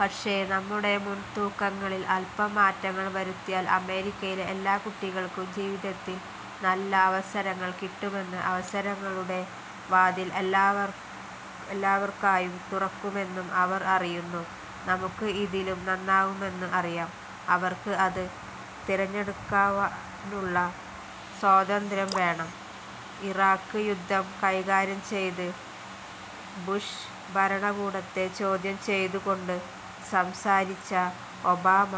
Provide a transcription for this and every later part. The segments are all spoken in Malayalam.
പക്ഷേ നമ്മുടെ മുൻതൂക്കങ്ങളിൽ അല്പം മാറ്റങ്ങൾ വരുത്തിയാൽ അമേരിക്കയിലെ എല്ലാ കുട്ടികൾക്കും ജീവിതത്തിൽ നല്ല അവസരങ്ങൾ കിട്ടുമെന്നും അവസരങ്ങളുടെ വാതിൽ എല്ലാവർക്കായും തുറക്കാമെന്നും അവർ അറിയുന്നു. നമുക്ക് ഇതിലും നന്നാവാമെന്നും അറിയാം. അവർക്ക് അത് തിരഞ്ഞെടുക്കുവാനുള്ള സ്വാതന്ത്രവും വേണം. " ഇറാഖ് യുദ്ധം കൈകാര്യം ചെയ്ത ബുഷ് ഭരണകൂടത്തെ ചോദ്യം ചെയ്തുകൊണ്ട് സംസാരിച്ച ഒബാമ,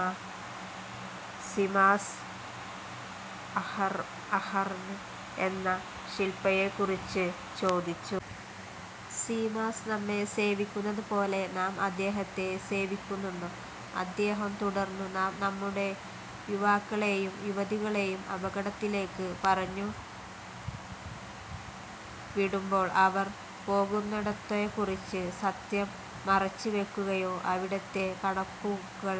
സീമസ് അഹെർൻ എന്ന ശിപ്പായിയെക്കുറിച്ച് ചോദിച്ചു. "സീമസ് നമ്മെ സേവിക്കുന്നതുപോലെ നാം അദ്ദേഹത്തേ സേവിക്കുന്നുണ്ടോ? " അദ്ദേഹം തുടർന്നു: "നാം നമ്മുടെ യൂവാക്കളേയും യുവതികളേയും അപകടത്തിലേക്ക് പറഞ്ഞു വിടുമ്പോൾ, അവർ പോകുന്നിടത്തേക്കുറിച്ച് സത്യം മറച്ച് വയ്ക്കുകയോ അവിടത്തെ കണക്കുകൾ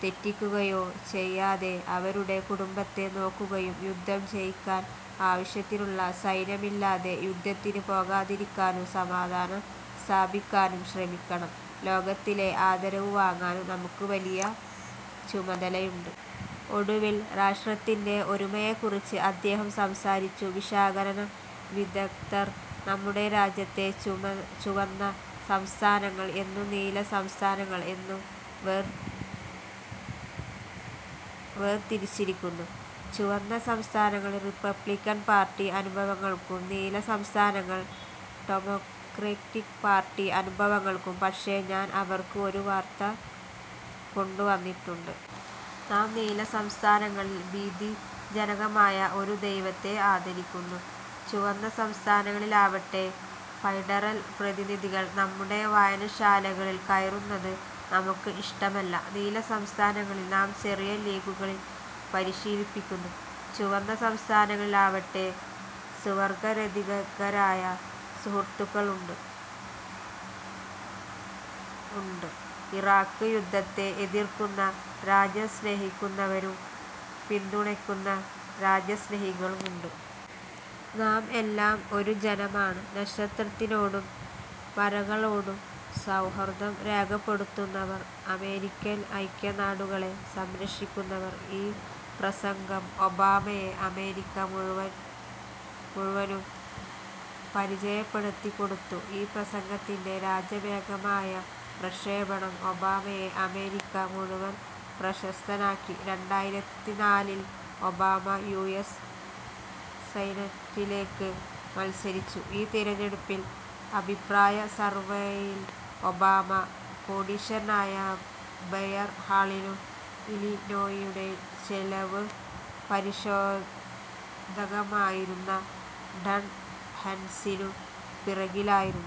തെറ്റിക്കുകയോ ചെയ്യാതെ, അവരുടെ കുടുംബത്തെ നോക്കുകയും, യുദ്ധം ജയിക്കാൻ ആവശ്യത്തിനുള്ള സൈന്യമില്ലാതെ യുദ്ധത്തിനു പോകാതിരിക്കാനും, സമാധാനം സ്ഥാപിക്കാനും ശ്രമിക്കണം, ലോകത്തിന്റെ ആദരവ് വാങ്ങുവാനും നമുക്ക് വലിയ ചുമതലയുണ്ട്. " ഒടുവിൽ രാഷ്ട്രത്തിന്റെ ഒരുമയെക്കുറിച്ച് അദ്ദേഹം സംസാരിച്ചു: വിശകലന വിദഗ്ദ്ധർ നമ്മുടെ രാജ്യത്തെ ചുവന്ന സംസ്ഥാനങ്ങൾ എന്നും നീല സംസ്ഥാനങ്ങൾ എന്ന് വേർതിരിച്ചിരിക്കുന്നു; ചുവന്ന സംസ്ഥാനങ്ങൾ റിപ്പബ്ലിക്കൻ പാർട്ടി അനുഭാവികൾക്കും, നീല സംസ്ഥാനങ്ങൾ ഡെമോക്രാറ്റ് പാർട്ടി അനുഭാവികൾക്കും. പക്ഷേ ഞാൻ അവർക്ക് ഒരു വാർത്ത കൊണ്ടുവന്നിട്ടുണ്ട്. നാം നീല സംസ്ഥാനങ്ങളിൽ ഭീതിജനകമായ ഒരു ദൈവത്തെ ആരാധിക്കുന്നു, ചുവന്ന സംസ്ഥാനങ്ങളിലാവട്ടെ ഫെഡറൽ പ്രതിനിധികൾ നമ്മുടെ വായനശാലകളിൽ കയറുന്നത് നമുക്ക് ഇഷ്ടമല്ല. നീല സംസ്ഥാനങ്ങളിൽ നാം ചെറിയ ലീഗുകളിൽ പരിശീലിപ്പിക്കുന്നു, ചുവന്ന സംസ്ഥാനങ്ങളിൽ ആവട്ടെ സ്വവർഗരതിക്കാരായ സുഹ്രുത്തുക്കളും ഉണ്ട്. ഇറാഖ് യുദ്ധത്തെ എതിർക്കുന്ന രാജ്യസ്നേഹിക്കുന്നവരും പിന്തുണക്കുന്ന രാജ്യസ്നേഹികളും ഉണ്ട്. നാം എല്ലാം ഒരു ജനമാണ്, നക്ഷത്രത്തിനോടും വരകളോടും സൗഹാർദം രേഖപ്പെടുത്തുന്നവർ, അമേരിക്കൻ ഐക്യനാടുകളെ സംരക്ഷിക്കുന്നവർ. ഈ പ്രസംഗം ഒബാമയെ അമേരിക്ക മുഴുവനും പരിചയപ്പെടുത്തിക്കൊടുത്തു. ഈ പ്രസംഗത്തിന്റെ രാജ്യവ്യാപകമായ പ്രക്ഷേപണം ഒബാമയെ അമേരിക്ക മുഴുവൻ പ്രശസ്തനാക്കി. " രണ്ടായിരത്തിനാലിൽ, ഒബാമ യു. എസ്. സെനറ്റിലേക്ക് മത്സരിച്ചു. ഈ തിരഞ്ഞെടുപ്പിന്റെ അഭിപ്രായ സർവേയിൽ ഒബാമ കോടീശ്വരനായ ബ്ലെയർ ഹളിനും ഇല്ലിനോയിയുടെ ചെലവ് പരിശോധകനായിരുന്ന ഡാൻ ഹൈൻസിനും പിറകിലായിരുന്നു.